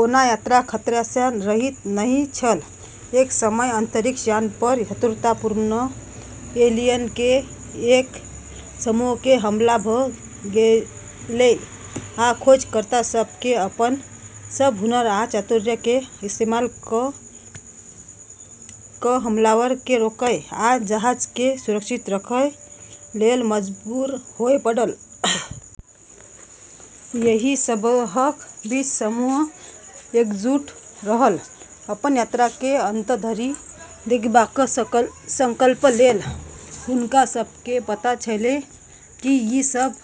ओना यात्रा खतरासँ रहित नहि छल। एक समय अंतरिक्ष यान पर शत्रुतापूर्ण एलियन के एक समूह के हमला भ' गेलै, आ खोजकर्ता सब के अपन सब हुनर आ चातुर्य के इस्तेमाल क' क' हमलावर के रोकय आ जहाज के सुरक्षित रखय लेल मजबूर होय पड़ल। एहि सबहक बीच समूह एकजुट रहल, अपन यात्रा के अंत धरि देखबाक संकल्प लेल। हुनका सब के पता छेलै कि ई सब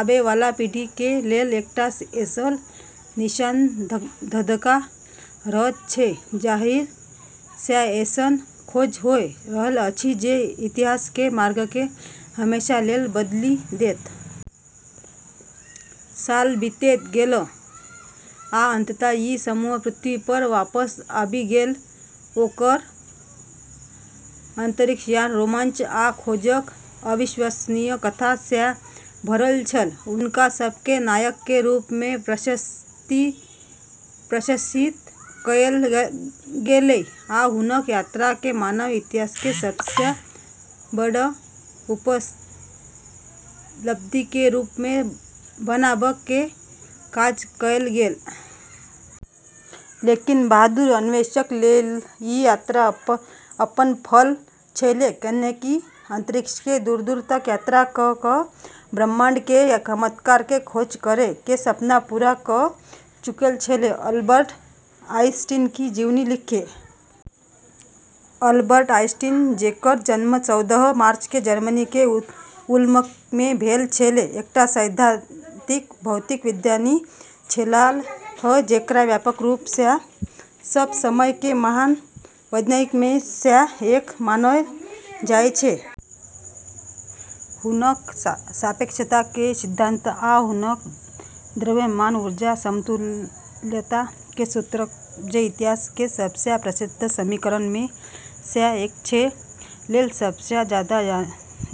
आबै वाला पीढ़ी के लेल एकटा ऐसन निशान धधका रहल छै, जाहि सँ ऐसन खोज होय रहल अछि जे इतिहास के मार्ग के हमेशा लेल बदलि देत। साल बीतैत गेल, आ अंततः, ई समूह पृथ्वी पर वापस आबि गेल, ओकर अंतरिक्ष यान रोमांच आ खोजक अविश्वसनीय कथा सँ भरल छल। हुनका सब के नायक के रूप मे प्रशंसित कएल गेलै, आ हुनक यात्रा के मानव इतिहास के सबसँ बड़ उपलब्धि के रूप मे मनाबय के काज कएल गेल। लेकिन बहादुर अन्वेषक लेल ई यात्रा अपन फल छेलै, कैन्हेकि अंतरिक्ष के दूर-दूर तक यात्रा क' क' ब्रह्मांड के चमत्कार के खोज करै के सपना पूरा क' चुकल छेलै। अल्बर्ट आइंस्टीन की जीवनी लिखें। अल्बर्ट आइंस्टीन, जेकर जन्म चौदह मार्च के जर्मनी के उल्म मे भेल छेलै, एकटा सैद्धांतिक भौतिक विज्ञानी छेलाह जेकरा व्यापक रूप सँ सब समय के महान वैज्ञानिक मे सँ एक मानल जाय छै। हुनक सापेक्षता के सिद्धांत, आ हुनक द्रव्यमान-ऊर्जा समतुल्यता के सूत्र, जे इतिहास के सबसँ प्रसिद्ध समीकरण मे सँ एक छै, लेल सबसँ जादा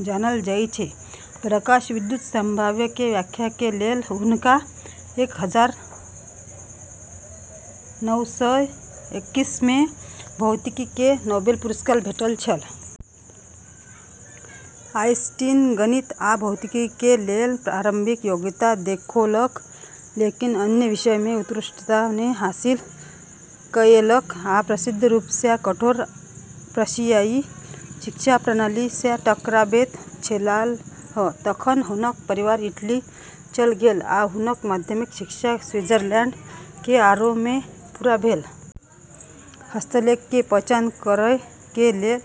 जानल जाय छै। प्रकाश विद्युत प्रभाव के व्याख्या के लेल हुनका एक हजार नौ सय इक्कीस मे भौतिकी के नोबेल पुरस्कार भेटल छल। आइंस्टीन गणित आ भौतिकी के लेल प्रारंभिक योग्यता देखौलक, लेकिन अन्य विषय मे उत्कृष्टता नै हासिल कएलक, आ प्रसिद्ध रूप सँ कठोर प्रशियाई शिक्षा प्रणाली सँ टकराबैत छेलाह। तखन हुनक परिवार इटली चल गेल, आ हुनक माध्यमिक शिक्षा स्विट्जरलैंड के आरौ मे पूरा भेल। हस्तलेख के पहचान करय के लेल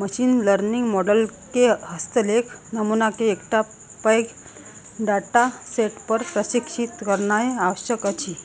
मशीन लर्निंग मॉडल के हस्तलेख नमूना के एकटा पैघ डाटासेट पर प्रशिक्षित करनाय आवश्यक अछि।